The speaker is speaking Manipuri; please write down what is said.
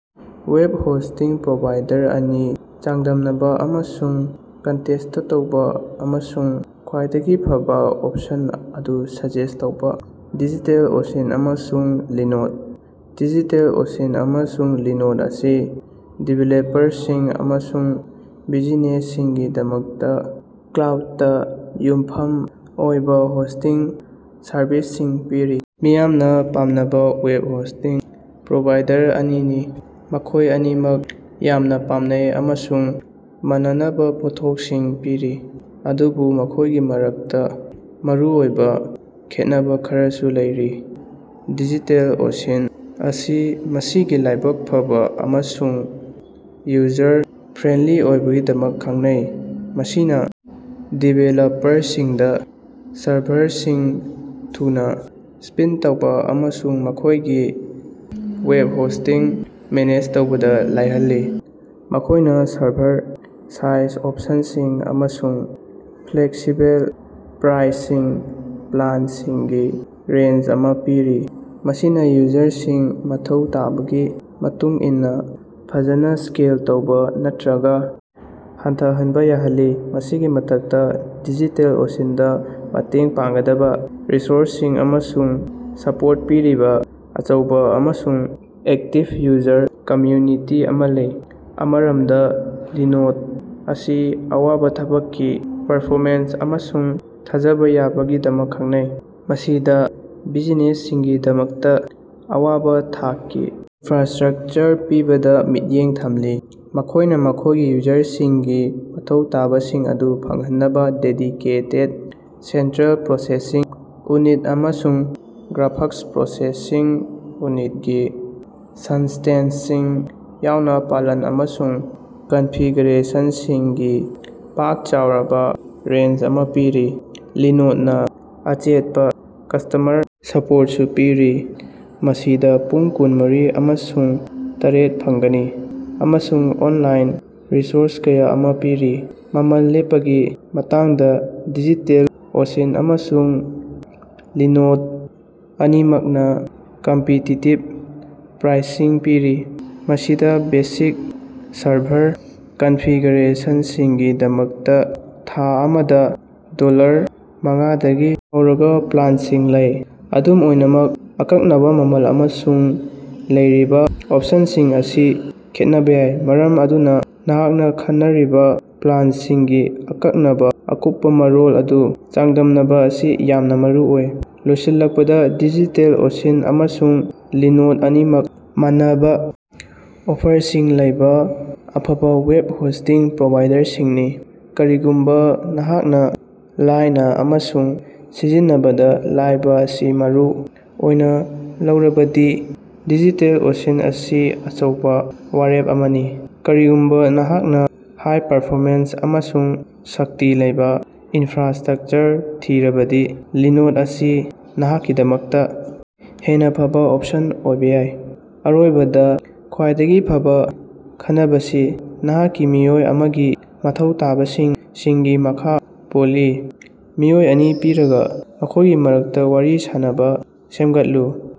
ꯋꯦꯕ ꯍꯣꯁꯇꯤꯡ ꯄ꯭ꯔꯣꯚꯥꯏꯗꯔ ꯑꯅꯤ ꯆꯥꯡꯗꯝꯅꯕ ꯑꯃꯁꯨꯡ ꯀꯟꯇꯦꯁꯇ꯭ ꯇꯧꯕ ꯑꯃꯁꯨꯡ ꯈ꯭ꯋꯥꯏꯗꯒꯤ ꯐꯕ ꯑꯣꯞꯁꯟ ꯑꯗꯨ ꯁꯖꯦꯁ ꯇꯧꯕ꯫ ꯗꯤꯖꯤꯇꯦꯜ ꯑꯣꯁꯤꯟ ꯑꯃꯁꯨꯡ ꯂꯤꯅꯣꯗ꯫ ꯗꯤꯖꯤꯇꯦꯜ ꯑꯣꯁꯤꯟ ꯑꯃꯁꯨꯡ ꯂꯤꯅꯣꯗ ꯑꯁꯤ ꯗꯤꯕꯦꯂꯞꯄꯔꯁꯤꯡ ꯑꯃꯁꯨꯡ ꯕꯤꯖꯤꯅꯦꯁꯁꯤꯡꯒꯤꯗꯃꯛꯇ ꯀ꯭ꯂꯥꯎꯗꯇꯥ ꯌꯨꯝꯐꯝ ꯑꯣꯏꯕ ꯍꯣꯁꯇꯤꯡ ꯁꯔꯕꯤꯁꯁꯤꯡ ꯄꯤꯔꯤꯕ ꯃꯤꯌꯥꯝꯅ ꯄꯥꯝꯅꯕ ꯋꯦꯕ ꯍꯣꯁꯇꯤꯡ ꯄ꯭ꯔꯣꯚꯥꯏꯗꯔ ꯑꯅꯤꯅꯤ꯫ ꯃꯈꯣꯏ ꯑꯅꯤꯃꯛ ꯌꯥꯝꯅꯥ ꯄꯥꯝꯅꯩ ꯑꯃꯁꯨꯡ ꯃꯥꯟꯅꯕꯥ ꯄꯣꯠꯊꯣꯛꯁꯤꯡ ꯄꯤꯔꯤ, ꯑꯗꯨꯕꯨ ꯃꯈꯣꯏꯒꯤ ꯃꯔꯛꯇ ꯃꯔꯨꯑꯣꯏꯕ ꯈꯦꯠꯅꯕ ꯈꯔꯁꯨ ꯂꯩꯔꯤ꯫ ꯗꯤꯖꯤꯇꯦꯜ ꯑꯣꯁꯤꯟ ꯑꯁꯤ ꯃꯁꯤꯒꯤ ꯂꯥꯏꯕꯛ ꯐꯕ ꯑꯃꯁꯨꯡ ꯌꯨꯖꯔ ꯐ꯭ꯔꯦꯟꯗꯂꯤ ꯑꯣꯏꯕꯒꯤꯗꯃꯛ ꯈꯪꯅꯩ, ꯃꯁꯤꯅꯥ ꯗꯤꯕꯦꯂꯄꯔꯁꯤꯡꯗꯥ ꯁꯔꯚꯔꯁꯤꯡ ꯊꯨꯅ ꯁ꯭ꯄꯤꯟ ꯇꯧꯕ ꯑꯃꯁꯨꯡ ꯃꯈꯣꯏꯒꯤ ꯋꯦꯕ ꯍꯣꯁꯇꯤꯡ ꯃꯦꯅꯦꯖ ꯇꯧꯕꯗ ꯂꯥꯏꯍꯜꯂꯤ꯫ ꯃꯈꯣꯏꯅ ꯁꯔꯚꯔ ꯁꯥꯏꯖ ꯑꯣꯞꯁꯟꯁꯤꯡ ꯑꯃꯁꯨꯡ ꯐ꯭ꯂꯦꯛꯁꯤꯕꯜ ꯄ꯭ꯔꯥꯏꯁꯤꯡ ꯄ꯭ꯂꯥꯟꯁꯤꯡꯒꯤ ꯔꯦꯟꯖ ꯑꯃ ꯄꯤꯔꯤ, ꯃꯁꯤꯅꯥ ꯌꯨꯖꯔꯁꯤꯡꯅ ꯃꯊꯧ ꯇꯥꯕꯒꯤ ꯃꯇꯨꯡ ꯏꯟꯅ ꯐꯖꯅ ꯁ꯭ꯀꯦꯜ ꯇꯧꯕ ꯅꯠꯇ꯭ꯔꯒ ꯍꯟꯊꯍꯟꯕ ꯌꯥꯍꯜꯂꯤ꯫ ꯃꯁꯤꯒꯤ ꯃꯊꯛꯇꯥ, ꯗꯤꯖꯤꯇꯦꯜ ꯑꯣꯁꯤꯟꯗ ꯃꯇꯦꯡ ꯄꯥꯡꯒꯗꯕ ꯔꯤꯁꯣꯔꯁꯁꯤꯡ ꯑꯃꯁꯨꯡ ꯁꯄꯣꯔꯠ ꯄꯤꯔꯤꯕꯥ ꯑꯆꯧꯕ ꯑꯃꯁꯨꯡ ꯑꯦꯛꯇꯤꯕ ꯌꯨꯖꯔ ꯀꯝꯃ꯭ꯌꯨꯅꯤꯇꯤ ꯑꯃ ꯂꯩ꯫ ꯑꯃꯔꯣꯝꯗ, ꯂꯤꯅꯣꯗ ꯑꯁꯤ ꯑꯋꯥꯡꯕꯥ ꯊꯥꯛꯀꯤ ꯄꯔꯐꯣꯃꯦꯟꯁ ꯑꯃꯁꯨꯡ ꯊꯥꯖꯕ ꯌꯥꯕꯒꯤꯗꯃꯛ ꯈꯪꯅꯩ꯫ ꯃꯁꯤꯗ ꯕꯤꯖꯤꯅꯦꯁꯁꯤꯡꯒꯤꯗꯃꯛꯇꯥ ꯑꯋꯥꯕꯥ ꯊꯥꯛꯀꯤ ꯏꯅꯐ꯭ꯔꯥꯁ꯭ꯇꯔꯛꯆꯔ ꯄꯤꯕꯗ ꯃꯤꯠꯌꯦꯡ ꯊꯝꯂꯤ꯫ ꯃꯈꯣꯏꯅ ꯃꯈꯣꯏꯒꯤ ꯌꯨꯖꯔꯁꯤꯡꯒꯤ ꯃꯊꯧ ꯇꯥꯕꯁꯤꯡ ꯑꯗꯨ ꯐꯪꯍꯟꯅꯕ ꯗꯦꯗꯤꯀꯦꯇꯦꯗ ꯁꯦꯟꯇ꯭ꯔꯦꯜ ꯄ꯭ꯔꯣꯁꯦꯁꯤꯡ ꯎꯅꯤꯠ ꯑꯃꯁꯨꯡ ꯒ꯭ꯔꯥꯐꯥꯛꯁ ꯄ꯭ꯔꯣꯁꯦꯁꯤꯡ ꯎꯅꯤꯠ ꯒꯤ ꯏꯟꯁꯇꯦꯟꯁꯁꯤꯡ ꯌꯥꯎꯅ ꯄ꯭ꯂꯥꯟ ꯑꯃꯁꯨꯡ ꯀꯟꯐꯤꯒ꯭ꯔꯦꯁꯟꯁꯤꯡꯒꯤ ꯄꯥꯛ ꯆꯥꯎꯔꯕꯥ ꯔꯦꯟꯖ ꯑꯃ ꯄꯤꯔꯤ꯫ ꯂꯤꯅꯣꯗꯅꯥ ꯑꯆꯦꯠꯄ ꯀꯁ꯭ꯇꯃꯔ ꯁꯄꯣꯔꯇꯁꯨ ꯄꯤꯔꯤ, ꯃꯁꯤꯗꯥ ꯄꯨꯡ ꯀꯨꯟꯃꯔꯤ ꯑꯃꯁꯨꯡ ꯇꯔꯦꯠ ꯐꯪꯒꯅꯤ ꯑꯃꯁꯨꯡ ꯑꯣꯟꯂꯥꯏꯟ ꯔꯤꯁꯣꯔꯁ ꯀꯌꯥ ꯑꯃ ꯄꯤꯔꯤ꯫ ꯃꯃꯜ ꯂꯦꯞꯄꯒꯤ ꯃꯇꯥꯡꯗ, ꯗꯤꯖꯤꯇꯦꯜ ꯑꯣꯁꯤꯟ ꯑꯃꯁꯨꯡ ꯂꯤꯅꯣꯗ ꯑꯅꯤꯃꯛꯅꯥ ꯀꯝꯄꯤꯇꯤꯇꯤꯕ ꯄ꯭ꯔꯥꯏꯁꯤꯡ ꯄꯤꯔꯤ, ꯃꯁꯤꯗꯥ ꯕꯦꯁꯤꯛ ꯁꯔꯚꯔ ꯀꯟꯐꯤꯒ꯭ꯔꯦꯁꯟꯁꯤꯡꯒꯤꯗꯃꯛꯇꯥ ꯊꯥ ꯑꯃꯗꯥ ꯗꯣꯂꯔ ꯃꯉꯥꯗꯒꯤ ꯍꯧꯔꯒ ꯄ꯭ꯂꯥꯟꯁꯤꯡ ꯂꯩ꯫ ꯑꯗꯨꯝ ꯑꯣꯏꯅꯃꯛ, ꯑꯀꯛꯅꯕ ꯃꯃꯜ ꯑꯃꯁꯨꯡ ꯂꯩꯔꯤꯕꯥ ꯑꯣꯞꯁꯟꯁꯤꯡ ꯑꯁꯤ ꯈꯦꯠꯅꯕ ꯌꯥꯏ, ꯃꯔꯝ ꯑꯗꯨꯅ ꯅꯍꯥꯛꯅ ꯈꯟꯅꯔꯤꯕ ꯄ꯭ꯂꯥꯟꯁꯤꯡꯒꯤ ꯑꯀꯛꯅꯕ ꯑꯀꯨꯞꯄ ꯃꯔꯣꯜꯁꯤꯡ ꯑꯗꯨ ꯆꯥꯡꯗꯝꯅꯕ ꯑꯁꯤ ꯌꯥꯝꯅꯥ ꯃꯔꯨꯑꯣꯏ꯫ ꯂꯣꯏꯁꯤꯜꯂꯛꯄꯗ, ꯗꯤꯖꯤꯇꯦꯜ ꯑꯣꯁꯤꯟ ꯑꯃꯁꯨꯡ ꯂꯤꯅꯣꯗ ꯑꯅꯤꯃꯛ ꯃꯥꯟꯅꯕ ꯑꯣꯐꯔꯁꯤꯡ ꯂꯩꯕ ꯑꯐꯕꯥ ꯋꯦꯕ ꯍꯣꯁꯇꯤꯡ ꯄ꯭ꯔꯣꯚꯥꯏꯗꯔꯁꯤꯡꯅꯤ꯫ ꯀꯔꯤꯒꯨꯝꯕ ꯅꯍꯥꯛꯅ ꯂꯥꯏꯅ ꯑꯃꯁꯨꯡ ꯁꯤꯖꯤꯟꯅꯕꯗ ꯂꯥꯏꯕ ꯑꯁꯤ ꯃꯔꯨ ꯑꯣꯏꯅ ꯂꯧꯔꯕꯗꯤ ꯗꯤꯖꯤꯇꯦꯜ ꯑꯣꯁꯤꯟ ꯑꯁꯤ ꯑꯆꯧꯕ ꯋꯥꯔꯦꯞ ꯑꯃꯅꯤ꯫ ꯀꯔꯤꯒꯨꯝꯕ ꯅꯍꯥꯛꯅ ꯍꯥꯏ-ꯄꯥꯔꯐꯣꯔꯃꯦꯟꯁ ꯑꯃꯁꯨꯡ ꯁꯛꯇꯤ ꯂꯩꯕ ꯏꯟꯐ꯭ꯔꯥꯁꯇ꯭ꯔꯛꯆꯔ ꯊꯤꯔꯕꯗꯤ, ꯂꯤꯅꯣꯗ ꯑꯁꯤ ꯅꯍꯥꯛꯀꯤꯗꯃꯛꯇ ꯍꯦꯟꯅꯥ ꯐꯕ ꯑꯣꯞꯁꯟ ꯑꯣꯏꯕ ꯌꯥꯏ꯫ ꯑꯔꯣꯏꯕꯗ, ꯈ꯭ꯋꯥꯏꯗꯒꯤ ꯐꯕ ꯈꯟꯅꯕꯁꯤ ꯅꯍꯥꯛꯀꯤ ꯃꯤꯑꯣꯏ ꯑꯃꯒꯤ ꯃꯊꯧ ꯇꯥꯕꯁꯤꯡ ꯁꯤꯡꯒꯤ ꯃꯈꯥ ꯄꯣꯜꯂꯤ꯫ ꯃꯤꯑꯣꯏ ꯑꯅꯤ ꯄꯤꯔꯒꯥ ꯃꯈꯣꯏꯒꯤ ꯃꯔꯛꯇ ꯋꯥꯔꯤ ꯁꯥꯅꯕ ꯁꯦꯝꯒꯠꯂꯨ꯫